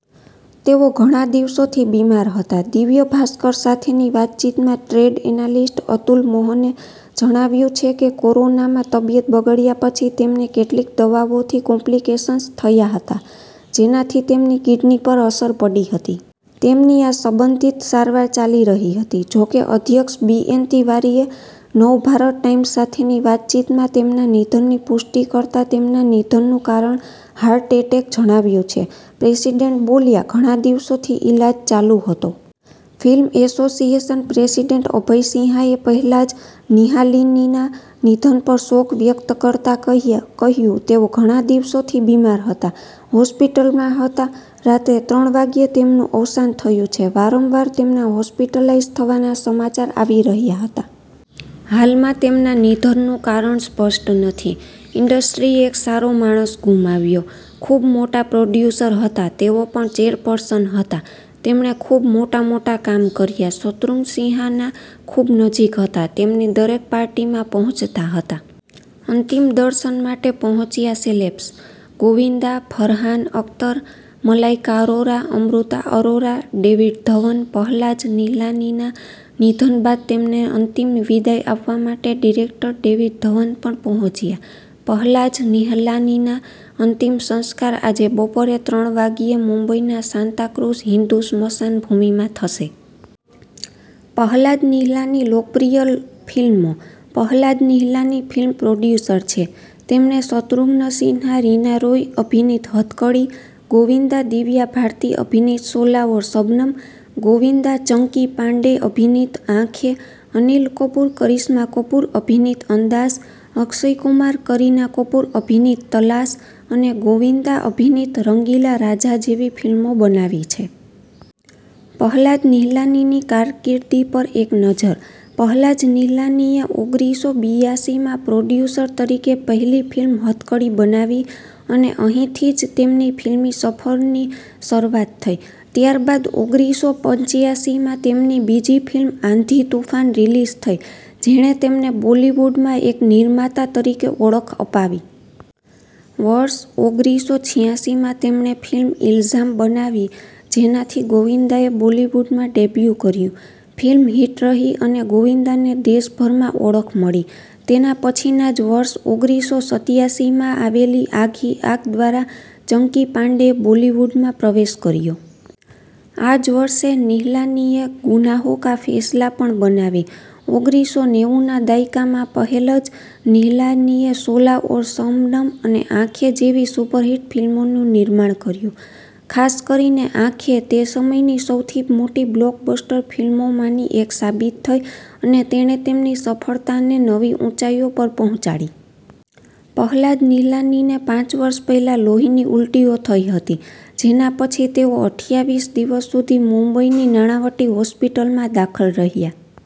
તેઓ ઘણા દિવસોથી બીમાર હતા. દિવ્ય ભાસ્કર સાથેની વાતચીતમાં ટ્રેડ એનાલિસ્ટ અતુલ મોહને જણાવ્યું છે કે, "કોરોનામાં તબિયત બગડ્યા પછી તેમને કેટલીક દવાઓથી કોમ્પ્લિકેશન્સ થયા હતા, જેનાથી તેમની કિડની પર અસર પડી હતી. તેમની આ સંબંધિત સારવાર ચાલી રહી હતી." જોકે, અધ્યક્ષ બી. એન. તિવારીએ નવભારત ટાઈમ્સ સાથેની વાતચીતમાં તેમના નિધનની પુષ્ટિ કરતા તેમના નિધનનું કારણ હાર્ટ એટેક જણાવ્યું છે. પ્રેસિડેન્ટ બોલ્યા, "ઘણા દિવસોથી ઇલાજ ચાલુ હતો." ફિલ્મ એસોસિએશન પ્રેસિડેન્ટ અભય સિંહાએ પહલાજ નિહલાનીના નિધન પર શોક વ્યક્ત કરતા કહ્યું, "તેઓ ઘણા દિવસોથી બીમાર હતા, હોસ્પિટલમાં હતા. રાત્રે ત્રણ વાગ્યે તેમનું અવસાન થયું છે. વારંવાર તેમના હોસ્પિટલાઇઝ થવાના સમાચાર આવી રહ્યા હતા. હાલમાં તેમના નિધનનું કારણ સ્પષ્ટ નથી." ઇન્ડસ્ટ્રીએ એક સારો માણસ ગુમાવ્યો. ખૂબ મોટા પ્રોડ્યુસર હતા. તેઓ પણ ચેરપર્સન હતા. તેમણે ખૂબ મોટા-મોટા કામ કર્યા. શત્રુઘ્ન સિંહાના ખૂબ નજીક હતા, તેમની દરેક પાર્ટીમાં પહોંચતા હતા. અંતિમ દર્શન માટે પહોંચ્યાં સેલેબ્સ:- ગોવિંદા, ફરહાન, અખ્તર, મલાઈકા અરોરા, અમૃતા અરોરા, ડેવિડ ધવન. પહલાજ નિહલાનીના નિધન બાદ તેમને અંતિમ વિદાય આપવા માટે ડિરેક્ટર ડેવિડ ધવન પણ પહોંચ્યા. પહલાજ નિહલાનીના અંતિમ સંસ્કાર આજે બપોરે ત્રણ વાગ્યે મુંબઈના સાન્તાક્રુઝ હિંદુ સ્મશાનભૂમિમાં થશે. પહલાજ નિહલાનીની લોકપ્રિય ફિલ્મો:- પહલાજ નિહલાની ફિલ્મ પ્રોડ્યુસર છે. તેમણે શત્રુઘ્ન સિંહા-રીના રોય અભિનીત 'હથકડી', ગોવિંદા-દિવ્યા ભારતી અભિનીત 'શોલા ઔર શબનમ', ગોવિંદા-ચંકી પાંડે અભિનીત 'આંખેં', અનિલ કપૂર-કરિશ્મા કપૂર અભિનીત 'અંદાઝ', અક્ષય કુમાર-કરીના કપૂર અભિનીત 'તલાશ', અને ગોવિંદા અભિનીત 'રંગીલા રાજા' જેવી ફિલ્મો બનાવી છે. પહલાજ નિહલાનીની કારકિર્દી પર એક નજર:- પહલાજ નિહલાનીએ ઓગરીસો બિયાસી માં પ્રોડ્યુસર તરીકે પહેલી ફિલ્મ 'હથકડી' બનાવી અને અહીંથી જ તેમની ફિલ્મી સફરની શરૂઆત થઈ. ત્યારબાદ ઓગરીસો પંચ્યાસીમાં તેમની બીજી ફિલ્મ 'આંધી-તૂફાન' રિલીઝ થઈ, જેણે તેમને બોલિવૂડમાં એક નિર્માતા તરીકે ઓળખ અપાવી. વર્ષ ઓગરીસો છીયાસી માં તેમણે ફિલ્મ 'ઇલ્ઝામ' બનાવી, જેનાથી ગોવિંદાએ બોલિવૂડમાં ડેબ્યૂ કર્યું. ફિલ્મ હિટ રહી અને ગોવિંદાને દેશભરમાં ઓળખ મળી. તેના પછીના જ વર્ષ ઓગરીસો સત્યાસીમાં આવેલી 'આગ હી આગ' દ્વારા ચંકી પાંડેએ બોલિવૂડમાં પ્રવેશ કર્યો. આ જ વર્ષે નિહલાનીએ 'ગુનાહો કા ફૈસલા' પણ બનાવી. ઓગરીસો નેવું ના દાયકામાં પહેલજ નિહલાનીએ 'શોલા ઔર શબનમ' અને 'આંખે' જેવી સુપરહિટ ફિલ્મોનું નિર્માણ કર્યું. ખાસ કરીને 'આંખે' તે સમયની સૌથી મોટી બ્લોકબસ્ટર ફિલ્મોમાંની એક સાબિત થઈ અને તેણે તેમની સફળતાને નવી ઊંચાઈઓ પર પહોંચાડી. પહલાજ નિહલાનીને પાંચ વર્ષ પહેલા લોહીની ઊલટીઓ થઈ હતી, જેના પછી તેઓ અઠયાવીસ દિવસ સુધી મુંબઈની નાણાવટી હોસ્પિટલમાં દાખલ રહ્યા.